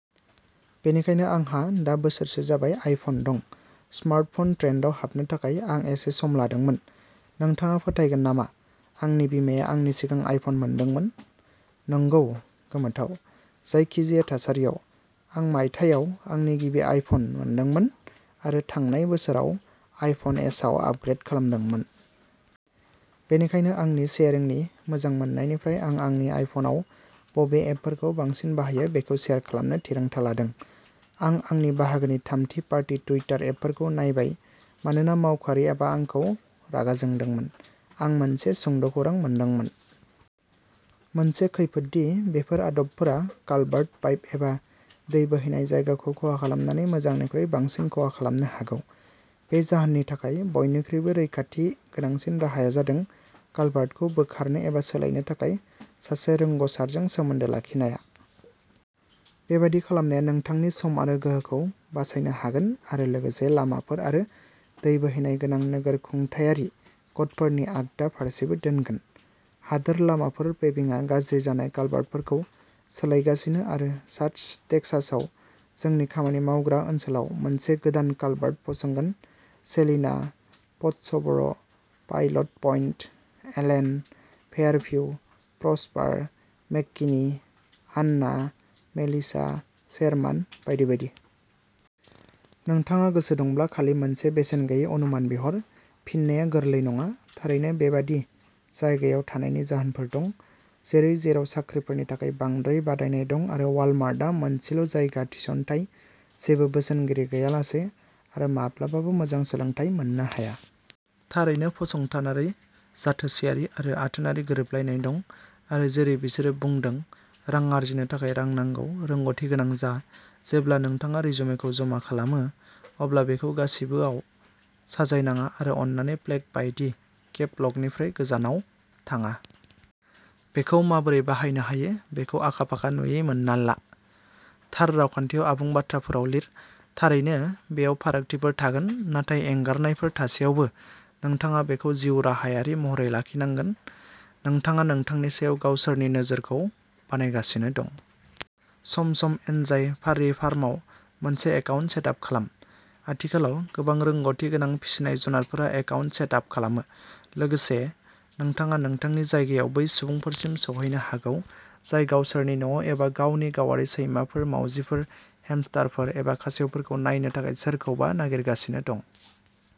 बेनिखायनो आंहा दा बोसोरसो जाबाय आइफन दं। स्मार्टफन ट्रेन्डआव हाबनो थाखाय आं एसे सम लादोंमोन। नोंथाङा फोथायगोन नामा आंनि बिमाया आंनि सिगां आइफन मोनदोंमोन? नंगौ, गोमोथाव। जायखिजाया थासारियाव, आं मायथाइयाव आंनि गिबि आइफन, मोनदोंमोन आरो थांनाय बोसोराव आइफन एसआव आपग्रेड खालामदोंमोन। बेनिखायनो, आंनि शेयारिंनि मोजां मोन्नायनिफ्राय आं आंनि आइफनआव बबे एपफोरखौ बांसिन बाहायो बेखौ शेयार खालामनो थिरांथा लादों। आं आंनि बाहागोनि थामथि-पार्टि टुइटार एपफोरखौ नायबाय, मानोना मावख'आरि एपआ आंखौ रागा जोंदोंमोन। आं मोनसे सुंद'खौरां मोनदोंमोन। मोनसे खैफोद दि बेफोर आदबफोरा कालभार्ट पाइप एबा दै बोहैनाय जायगाखौ खहा खालामनानै मोजांनिख्रुइ बांसिन खहा खालामनो हागौ। बे जाहोननि थाखाय, बयनिख्रुइबो रैखाथि गोनांसिन राहाया जादों कालभार्टखौ बोखारनो एबा सोलायनो थाखाय सासे रोंग'सारजों सोमोन्दो लाखिनाया। बेबादि खालामनाया नोंथांनि सम आरो गोहोखौ बासायनो हागोन आरो लोगोसे लामाफोर आरो दै बोहैनाय गोनां नोगोर खुंथायारि क'डफोरनि आगदा फारसेबो दोनगोन। हादोर लामाफोर पेभिंआ गाज्रि जानाय कालभार्टफोरखौ सोलायगासिनो आरो सा टेक्सासआव जोंनि खामानि मावग्रा ओनसोलाव मोनसे गोदान कालभार्ट फसंगोन-सेलिना, Pottsboro', Pilot Point, Allen, Fairview, Prosper, McKinney, Anna, Melissa, Sherman, बायदि बायदि। नोंथाङा गोसो दंब्ला खालि मोनसे बेसेन गैयै अनुमान बिहर। फिननाया गोरलै नङा। थारैनो, बेबादि जायगायाव थानायनि जाहोनफोर दं, जेरै जेराव साख्रिफोरनि थाखाय बांद्राय बादायनाय दं आरो वालमार्टआ मोनसेल'जायगा थिसनथाय, जेबो बोसोनगिरि गैयालासे, आरो माब्लाबाबो मोजां सोलोंथाय मोननो हाया। थारैनो, फसंथानारि जाथोसेयारि आरो आथोनारि गोरोबलायनाय दं, आरो जेरै बिसोरो बुंदों, रां आर्जिनो थाखाय रां नांगौ। रोंग'थि गोनां जा। जेब्ला नोंथाङा रिजुमेखौ जमा खालामो, अब्ला बेखौ गासिबो आव साजायनाङा आरो अन्नानै प्लेग बायदि केप लकनिफ्राय गोजानाव थाङा। बेखौ माबोरै बाहायनो हायो बेखौ आखा-फाखा नुयै मोनना ला। थार रावखान्थियाव आबुं बाथ्राफोराव लिर। थारैनो, बेयाव फारागथिफोर थागोन, नाथाय एंगारनायफोर थासेयावबो, नोंथाङा बेखौ जिउराहायारि महरै लाखिनांगोन। नोंथाङा नोंथांनि सायाव गावसोरनि नोजोरखौ बानायगासिनो दं। सम-सम एन्जाय फार्रि फार्माव मोनसे एकाउन्ट सेट आप खालाम? आथिखालाव, गोबां रोंग'थि गोनां फिसिनाय-जुनारफोरा एकाउन्ट सेट आप खालामो। लोगोसे, नोंथाङा नोंथांनि जायगायाव बै सुबुंफोरसिम सौहैनो हागौ, जाय गावसोरनि न'आव एबा गावनि गावारि सैमाफोर, मावजिफोर, हेमस्टारफोर, एबा खासेवफोरखौ नायनो थाखाय सोरखौबा नागिरगासिनो दं।